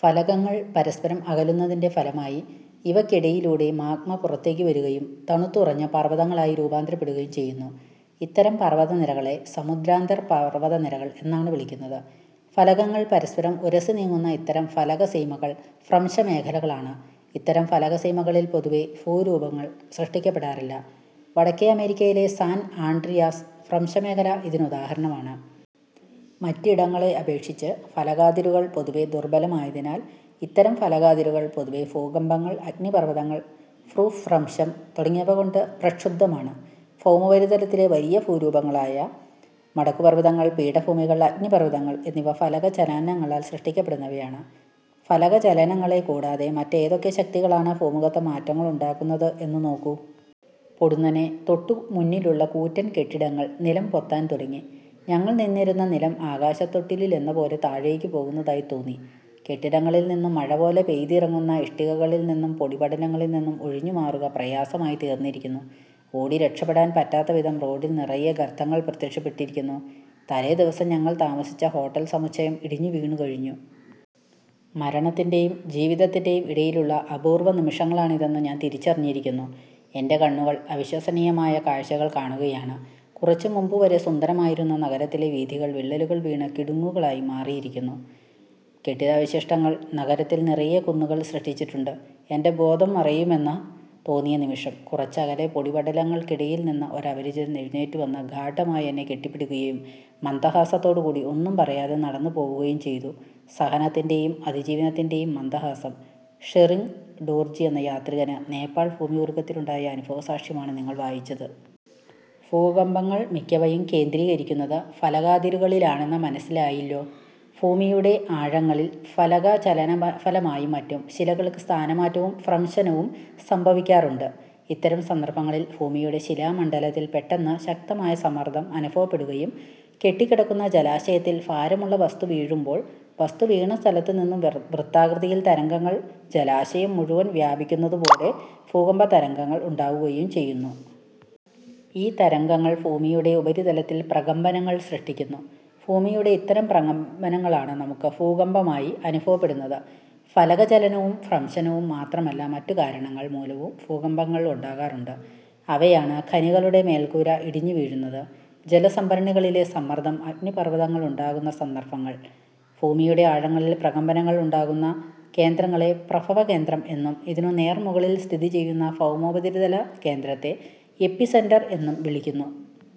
ഫലകങ്ങൾ പരസ്പരം അകലുന്നതിന്റെ ഫലമായി ഇവയ്ക്കിടയിലൂടെ മാഗ്മ പുറത്തേക്കു വരുകയും തണുത്തുറഞ്ഞ് പർവതങ്ങളായി രൂപാന്തരപ്പെടുകയും ചെയ്യുന്നു. ഇത്തരം പർവതനിരകളെ സമുദ്രാന്തർ പർവത നിരകൾ എന്നാണ് വിളിക്കുന്നത്. ഫലകങ്ങൾ പരസ്പരം ഉരസിനീങ്ങുന്ന ഇത്തരം ഫലക സീമകൾ ഭ്രംശമേഖലകളാണ്. ഇത്തരം ഫലകസീമകളിൽ പൊതുവെ ഭൂരൂപങ്ങൾ സൃഷ്ടിക്കപ്പെടാറില്ല. വടക്കേ അമേരിക്കയിലെ സാൻ ആൻഡ്രിയാസ് ഭ്രംശമേഖല ഇതിനുദാഹരണമാണ്. മറ്റിടങ്ങളെ അപേക്ഷിച്ച് ഫലകാതിരുകൾ പൊതുവെ ദുർബലമായതിനാൽ ഇത്തരം ഫലകാതിരുകൾ പൊതുവെ ഭൂകമ്പങ്ങൾ, അഗ്നി പർവതങ്ങൾ, ഭൂഭ്രംശം തുടങ്ങിയവകൊണ്ട് പ്രക്ഷുബ്ധമാണ്. ഭൗമോപരിതലത്തിലെ വലിയ ഭൂരൂപങ്ങളായ മടക്കുപർവതങ്ങൾ, പീഠഭൂമികൾ, അഗ്നിപർവതങ്ങൾ എന്നിവ ഫലക ചലനങ്ങളാൽ സൃഷ്ടിക്കപ്പെടുന്നവയാണ്. ഫലകചലനങ്ങളെ കൂടാതെ മറ്റേതൊക്കെ ശക്തികളാണ് ഭൂമുഖത്ത് മാറ്റങ്ങളുണ്ടാക്കു ന്നത് എന്നു നോക്കൂ. പൊടുന്നനെ തൊട്ടുമുന്നിലുള്ള കൂറ്റൻ കെട്ടിടങ്ങൾ നിലംപൊത്താൻ തുട ങ്ങി. ഞങ്ങൾ നിന്നിരുന്ന നിലം ആകാശത്തൊട്ടിലിലെന്നപോലെ താഴേക്കു പോകുന്നതായി തോന്നി. കെട്ടിടങ്ങളിൽനിന്നു മഴപോലെ പെയ്തിറങ്ങുന്ന ഇഷ്ടികകളിൽനിന്നും പൊടിപടലങ്ങളിൽനിന്നും ഒഴിഞ്ഞുമാറുക പ്രയാസമായിത്തീർന്നിരിക്കുന്നു. ഓടി രക്ഷപ്പെടാൻ പറ്റാത്തവിധം റോഡിൽ നിറയെ ഗർത്തങ്ങൾ പ്രത്യക്ഷപ്പെട്ടിരിക്കുന്നു. തലേദിവസം ഞങ്ങൾ താമസിച്ച ഹോട്ടൽ സമുച്ചയം ഇടിഞ്ഞു വീണുകഴിഞ്ഞു. മരണത്തിന്റെയും ജീവിതത്തിന്റെയും ഇടയിലുള്ള അപൂർവനിമിഷങ്ങളാണിതെന്ന് ഞാൻ തിരിച്ചറിഞ്ഞിരിക്കുന്നു. എന്റെ കണ്ണുകൾ അവിശ്വസനീയമായ കാഴ്ചകൾ കാണുകയാണ്. കുറച്ചു മുമ്പു വരെ സുന്ദരമായിരുന്ന നഗരത്തിലെ വീഥികൾ വിള്ളലുകൾ വീണ് കിടങ്ങുകളായി മാറിയിരിക്കുന്നു. കെട്ടിടാവശിഷ്ടങ്ങൾ നഗരത്തിൽ നിറയെ കുന്നുകൾ സൃഷ്ടിച്ചിട്ടുണ്ട്. എന്റെ ബോധം മറയുമെന്ന് തോന്നിയ നിമിഷം, കുറച്ചകലെ പൊടിപടലങ്ങൾക്കിടയിൽ നിന്ന് ഒരപരിചിതൻ എഴുന്നേറ്റു വന്ന് ഗാഢമായെന്നെ കെട്ടിപ്പിടിക്കുകയും മന്ദഹാസത്തോടുകൂടി ഒന്നും പറയാതെ നടന്നുപോവുകയും ചെയ്തു; സഹനത്തിന്റെയും അതിജീവനത്തിന്റെയും മന്ദഹാസം, ഷെറിങ് ഡോർജി എന്ന യാത്രികന് നേപ്പാൾ ഭൂമികുലുക്കത്തിലുണ്ടായ അനുഭവസാക്ഷ്യമാണ് നിങ്ങൾ വായിച്ചത്. ഭൂകമ്പങ്ങൾ മിക്കവയും കേന്ദ്രീകരിക്കുന്നത് ഫലകാതിരുകളിലാണെന്ന് മന സ്സിലായില്ലോ? ഭൂമിയുടെ ആഴങ്ങളിൽ ഫലകചലനഫലമായും മറ്റും ശിലകൾക്ക് സ്ഥാനമാറ്റവും ഭ്രംശനവും സംഭവിക്കാറുണ്ട്. ഇത്തരം സന്ദർഭങ്ങളിൽ ഭൂമിയുടെ ശിലാ മണ്ഡലത്തിൽ പെട്ടെന്ന് ശക്തമായ സമ്മർദം അനുഭവപ്പെടുകയും കെട്ടിക്കിടക്കുന്ന ജലാശയത്തിൽ ഭാരമുള്ള വസ്തു വീഴുമ്പോൾ വസ്തു വീണ സ്ഥലത്തുനിന്നു വൃത്താകൃതിയിൽ തരംഗങ്ങൾ ജലാശയം മുഴുവൻ വ്യാപിക്കുന്നതുപോലെ ഭൂകമ്പതരംഗങ്ങൾ ഉണ്ടാവുകയും ചെയ്യുന്നു. ഈ തരംഗങ്ങൾ ഭൂമിയുടെ ഉപരിതലത്തിൽ പ്രകമ്പനങ്ങൾ സൃഷ്ടിക്കുന്നു. ഭൂമിയുടെ ഇത്തരം പ്രകമ്പനങ്ങളാണ് നമുക്ക് ഭൂകമ്പമായി അനുഭവപ്പെടുന്നത്. ഫലകചലനവും ഭ്രംശനവും മാത്രമല്ല, മറ്റു കാരണങ്ങൾ മൂലവും ഭൂകമ്പങ്ങ ളുണ്ടാകാറുണ്ട്. അവയാണ്, ഖനികളുടെ മേൽക്കൂര ഇടിഞ്ഞുവീഴുന്നത്. ജലസംഭരണികളിലെ സമ്മർദം. അഗ്നിപർവതങ്ങളുണ്ടാകുന്ന സന്ദർഭങ്ങൾ. ഭൂമിയുടെ ആഴങ്ങളിൽ പ്രകമ്പനങ്ങൾ ഉണ്ടാകുന്ന കേന്ദ്രങ്ങളെ പ്രഭവകേന്ദ്രം എന്നും ഇതിനു നേർമുകളിൽ സ്ഥിതിചെയ്യുന്ന ഭൗമോപരിതല കേന്ദ്രത്തെ എപ്പിസെന്റർ എന്നും വിളിക്കുന്നു.